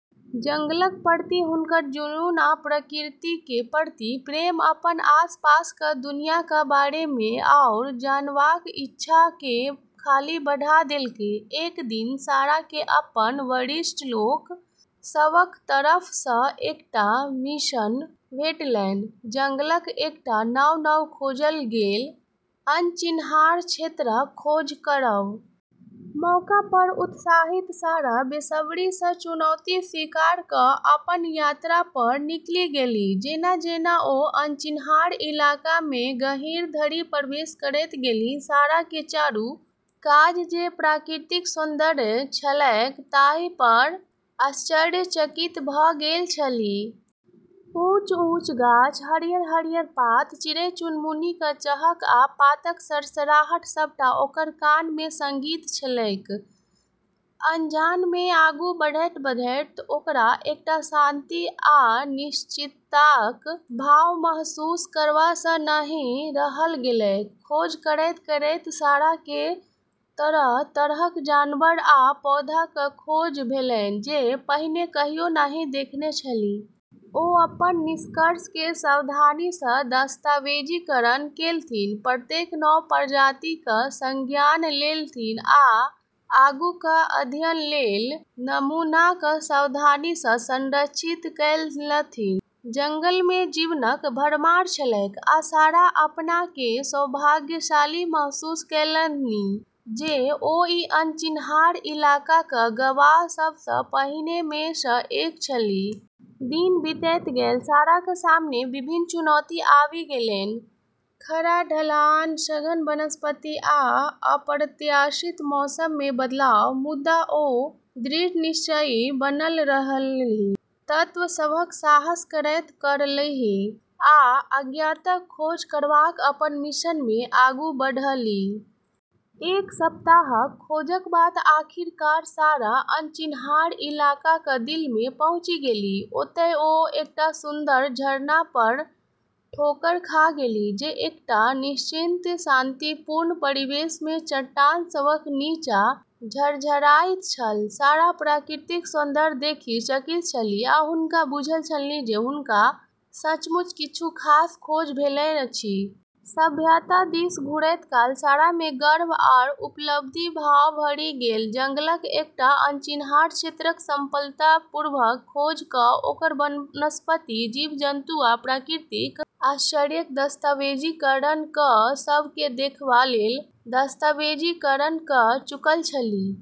जंगलक प्रति हुनकर जुनून आ प्रकृति केँ प्रति प्रेम अपन आसपासक दुनियाक बारे मे आउर जानबाक इच्छा केँ खाली बढ़ा देलकै। एक दिन सारा केँ अपन वरिष्ठ लोक सभक तरफ सँ एकटा मिशन भेटलैन: जंगलक एकटा नव-नव खोजल गेल, अनचिन्हार क्षेत्रक खोज करब। मौका पर उत्साहित सारा बेसब्री सँ चुनौती स्वीकार कऽ अपन यात्रा पर निकलि गेलीह। जेना-जेना ओ अनचिन्हार इलाका मे गहींर धरि प्रवेश करैत गेलीह, सारा केँ चारू कात जे प्राकृतिक सौन्दर्य छलैक ताहि पर आश्चर्यचकित भऽ गेल छलीह। ऊँच-ऊँच गाछ, हरियर-हरियर पात, चिड़ै-चुनमुनीक चहक आ पातक सरसराहट सबटा ओकर कान मे संगीत छलैक। अनजान मे आगू बढ़ैत-बढ़ैत ओकरा एकटा शांति आ निश्चिन्तताक भाव महसूस करबा सँ नहि रहल गेलैक। खोज करैत-करैत सारा केँ तरह-तरहक जानवर आ पौधाक खोज भेलैन जे पहिने कहियो नहि देखने छलीह। ओ अपन निष्कर्ष केँ सावधानी सँ दस्तावेजीकरण कएलथि, प्रत्येक नव प्रजातिक संज्ञान लेलथि आ आगूक अध्ययन लेल नमूनाक सावधानी सँ संरक्षण कएलथि। जंगल मे जीवनक भरमार छलैक, आ सारा अपना केँ सौभाग्यशाली महसूस कएलनि जे ओ ई अनचिन्हार इलाकाक गवाह सब सँ पहिने मे सँ एक छलीह। दिन बीतैत गेल, साराक सामने विभिन्न चुनौती आबि गेलैन, खड़ा ढलान, सघन वनस्पति, आ अप्रत्याशित मौसम मे बदलाव। मुदा ओ दृढ़ निश्चयी बनल रहलीह, तत्व सभक साहस करैत रहलीह आ अज्ञातक खोज करबाक अपन मिशन मे आगू बढ़लीह। एक सप्ताहक खोजक बाद आखिरकार सारा अनचिन्हार इलाकाक दिल मे पहुँची गेलीह। ओतय ओ एकटा सुन्दर झरना पर ठोकर खा गेलीह, जे एकटा निश्चिंत, शांतिपूर्ण परिवेश मे चट्टान सभक नीचाँ झरझराइत छल। सारा प्राकृतिक सौन्दर्य देखि चकित छलीह, आ हुनका बुझल छलनि जे हुनका सचमुच किछु खास खोज भेलैन अछि। सभ्यता दिस घुरैत काल सारा मे गर्व आ उपलब्धिक भाव भरि गेल। जंगलक एकटा अनचिन्हार क्षेत्रक सफलतापूर्वक खोज कऽ ओकर वनस्पति, जीव-जन्तु आ प्राकृतिक आश्चर्यक दस्तावेजीकरण कऽ सब केँ देखबा लेल दस्तावेजीकरण कऽ चुकल छलीह।